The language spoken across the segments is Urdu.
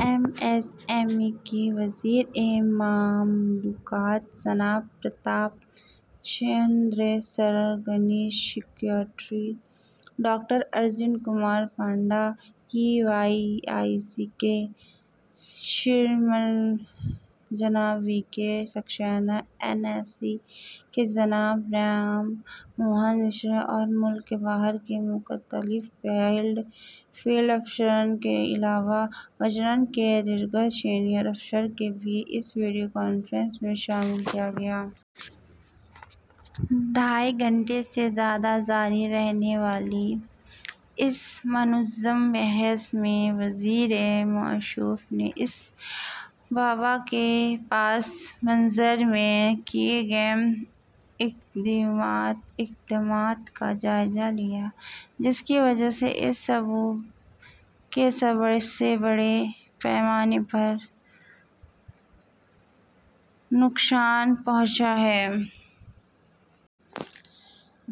ایم ایس ایم ای کے وزیر مملکت جناب Pratap Chandra Sarangi, secretary doctor Arun Kumar Panda, K V I C کے چیئرمین جناب V K Saxena, S S and D C جناب رام موہن مشرا اور ملک بھر کے مختلف فیلڈ افسران کے علاوہ وزارت کے دیگر سینئر افسران کو بھی اس ویڈیو کانفرنس میں شامل کیا گیا۔ ڈھائی گھنٹے سے زیادہ جاری رہنے والی اس منظم بحث میں وزیر موصوف نے اس وبا کے پس منظر میں کیے گئے اقدامات کا جائزہ لیا، جس کی وجہ سے اس شعبے کو بڑے پیمانے پر نقصان پہنچا ہے۔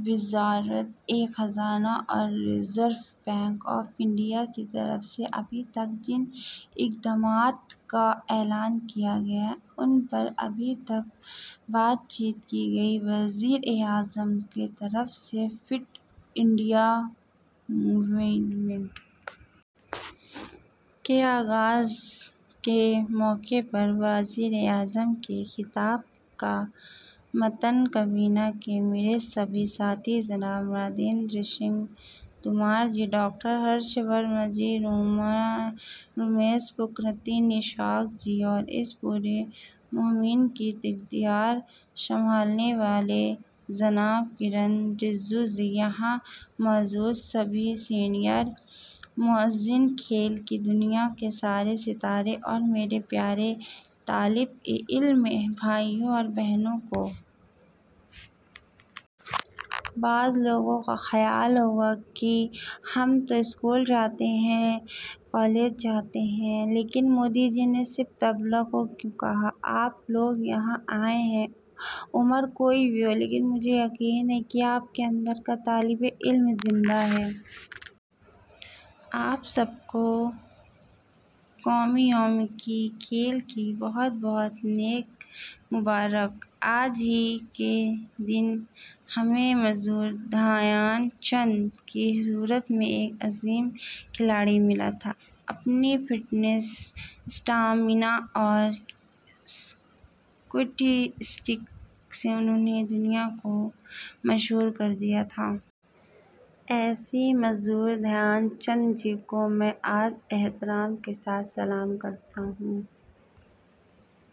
وزارت خزانہ اور ریزرو بینک آف انڈیا کی طرف سے ابھی تک جن اقدامات کا اعلان کیا گیا ہے، ان پر بھی بات چیت کی گئی۔ وزیر اعظم کا دفتر فٹ انڈیا موومنٹ کے آغاز کے موقع پر وزیر اعظم کے خطاب کا متن کابینہ کے میرے ساتھی جناب نریندر سنگھ تومر جی، ڈاکٹر ہرش وردھن جی، رمیش پوکھریال نشنک جی اور اس پوری مہم کی قیادت سنبھالنے والے جناب کرن رجیجو جی، یہاں موجود سبھی سینئر معززین، کھیل کی دنیا کے سارے ستارے اور میرے پیارے طالب علم بھائیو اور بہنو۔ بعض لوگوں کا خیال ہوگا کہ ہم تو اسکول جاتے نہیں ہیں، کالج جاتے نہیں ہیں، لیکن مودی جی نے صرف طلبہ کو کیوں کہا؟ آپ لوگ یہاں آئے ہیں، عمر کوئی بھی ہو، لیکن مجھے یقین ہے کہ آپ کے اندر کا طالب علم زندہ ہے۔ آپ سب کو قومی یوم کھیل کی بہت بہت نیک خواہشات۔ آج ہی کے دن ہمیں میجر دھیان چند کی صورت میں ایک عظیم کھلاڑی ملا تھا۔ اپنی فٹنس، اسٹیمنا اور ہاکی اسٹک سے انہوں نے دنیا کو مسحور کر دیا تھا۔ ایسے میجر دھیان چند جی کو میں آج احترام کے ساتھ سلام کرتا ہوں۔